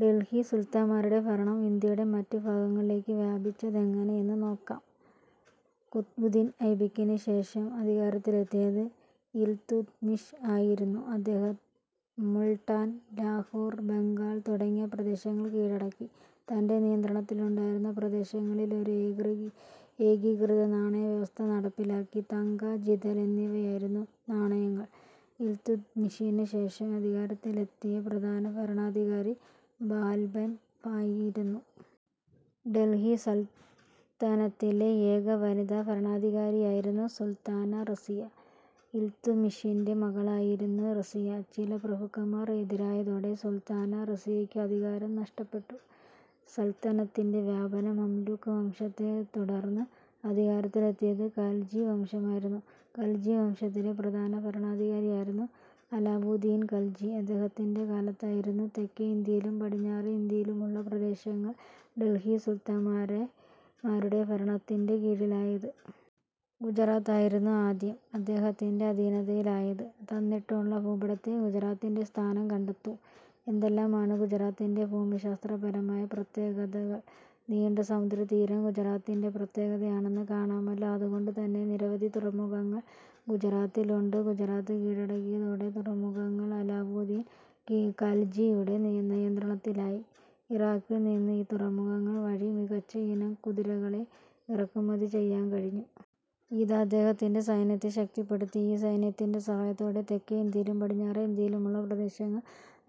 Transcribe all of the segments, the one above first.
ഡൽഹി സുൽത്താന്മാരുടെ ഭരണം ഇന്ത്യയുടെ മറ്റ് ഭാഗങ്ങളിലേക്ക് വ്യാപിച്ചതെങ്ങനെയെന്ന് നോക്കാം. കുത്ബുദ്ദീൻ ഐബക്കിനുശേഷം അധികാരത്തിലെത്തിയത് ഇൽതുത്മിഷ് ആയിരുന്നു. അദ്ദേഹം മുൾട്ടാൻ, ലാഹോർ, ബംഗാൾ തുടങ്ങിയ പ്രദേശങ്ങൾ കീഴടക്കി. തന്റെ നിയന്ത്രണത്തിലുണ്ടായിരുന്ന പ്രദേശങ്ങളിൽ ഒരു ഏകീകൃത നാണയവ്യവസ്ഥ നടപ്പിലാക്കി. തങ്ക, ജിതൽ എന്നിവയായിരുന്നു നാണയങ്ങൾ. ഇൽതുത്മിഷിനു ശേഷം അധികാരത്തിലെത്തിയ പ്രധാന ഭരണാധികാരി ബാൽബൻ ആയിരുന്നു. ഡൽഹി സൽത്തനത്തിലെ ഏക വനിതാ ഭരണാധികാരിയായിരുന്നു സുൽത്താന റസിയ. ഇൽതുത്മിഷിന്റെ മകളായിരുന്നു റസിയ. ചില പ്രഭുക്കന്മാർ എതിരായതോടെ സുൽത്താന റസിയയ്ക്ക് അധികാരം നഷ്ടപ്പെട്ടു. സൽത്തനത്തിന്റെ വ്യാപനം മംലൂക്ക് വംശത്തെത്തുടർന്ന് അധികാരത്തിലെത്തിയത് ഖൽജി വംശമായിരുന്നു. ഖൽജി വംശത്തിലെ പ്രധാന ഭരണാധികാരിയായിരുന്നു അലാവുദ്ദീൻ ഖൽജി. അദ്ദേഹത്തിന്റെ കാലത്തായിരുന്നു തെക്കേ ഇന്ത്യയിലും പടിഞ്ഞാറെ ഇന്ത്യയിലുമുള്ള പ്രദേശങ്ങൾ ഡൽഹി സുൽത്താന്മാരുടെ ഭരണത്തിന്റെ കീഴിലായത്. ഗുജറാത്ത് ആയിരുന്നു ആദ്യം അദ്ദേഹത്തിന്റെ അധീനതയിലായത്. തന്നിട്ടുള്ള ഭൂപടത്തിൽ ഗുജറാത്തിന്റെ സ്ഥാനം കണ്ടെത്തൂ. എന്തെല്ലാമാണ് ഗുജറാത്തിന്റെ ഭൂമിശാസ്ത്രപരമായ പ്രത്യേകതകൾ നീണ്ട സമുദ്രതീരം ഗുജറാത്തിന്റെ പ്രത്യേകതയാണെന്ന് കാണാമല്ലോ. അതുകൊണ്ടുതന്നെ നിരവധി തുറമുഖങ്ങൾ ഗുജറാത്തിലുണ്ട്. ഗുജറാത്ത് കീഴടക്കിയതോടെ തുറമുഖങ്ങൾ അലാവുദ്ദീൻ ഖൽജിയുടെ നിയന്ത്രണത്തിലായി. ഇറാഖിൽനിന്ന് ഈ തുറമുഖങ്ങൾ വഴി മികച്ചയിനം കുതിരകളെ ഇറക്കുമതി ചെയ്യാൻ കഴിഞ്ഞു. ഇത് അദ്ദേഹത്തിന്റെ സൈന്യത്തെ ശക്തിപ്പെടുത്തി. ഈ സൈന്യത്തിന്റെ സഹായത്തോടെ തെക്കേ ഇന്ത്യയിലും പടിഞ്ഞാറെ ഇന്ത്യയിലുമുള്ള പ്രദേശങ്ങൾ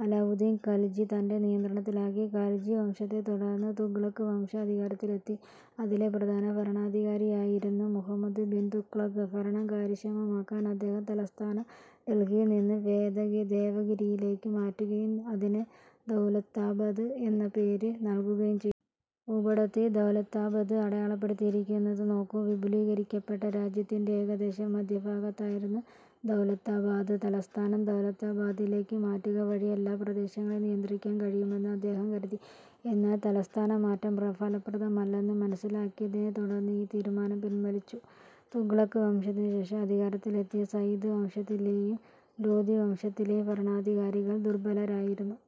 അലാവുദ്ദീൻ ഖൽജി തന്റെ നിയന്ത്രണത്തിലാക്കി. ഖൽജി വംശത്തെത്തുടർന്ന് തുഗ്ലക്ക് വംശം അധികാരത്തിലെത്തി. അതിലെ പ്രധാന ഭരണാധികാരിയായിരുന്നു മുഹമ്മദ് ബിൻ തുഗ്ലക്ക്. ഭരണം കാര്യക്ഷമമാക്കാൻ അദ്ദേഹം തലസ്ഥാനം ഡൽഹിയിൽ നിന്ന് ദേവഗിരിയിലേക്ക് മാറ്റുകയും അതിന് ദൗലത്താബാദ് എന്ന പേര് നൽകുകയും ചെയ്തു. ഭൂപടത്തിൽ ദൗലത്താബാദ് അടയാളപ്പെടുത്തിയിരിക്കുന്നത് നോക്കൂ. വിപുലീകരിക്കപ്പെട്ട രാജ്യത്തിന്റെ ഏകദേശം മധ്യഭാഗത്തായിരുന്നു ദൗലത്താബാദ്. തലസ്ഥാനം ദൗലത്താബാദിലേക്ക് മാറ്റുകവഴി എല്ലാ പ്രദേശങ്ങളേയും നിയന്ത്രിക്കാൻ കഴിയുമെന്ന് അദ്ദേഹം കരുതി. എന്നാൽ തലസ്ഥാനമാറ്റം ഫലപ്രദമല്ലെന്ന് മനസ്സിലാക്കിയതിനെത്തുടർന്ന് ഈ തീരുമാനം പിൻവലിച്ചു. തുഗ്ലക്ക് വംശത്തിനുശേഷം അധികാരത്തിലെത്തിയ സയ്യിദ് വംശത്തിലെയും ലോദി വംശത്തിലെയും ഭരണാധികാരികൾ ദുർബലരായിരുന്നു.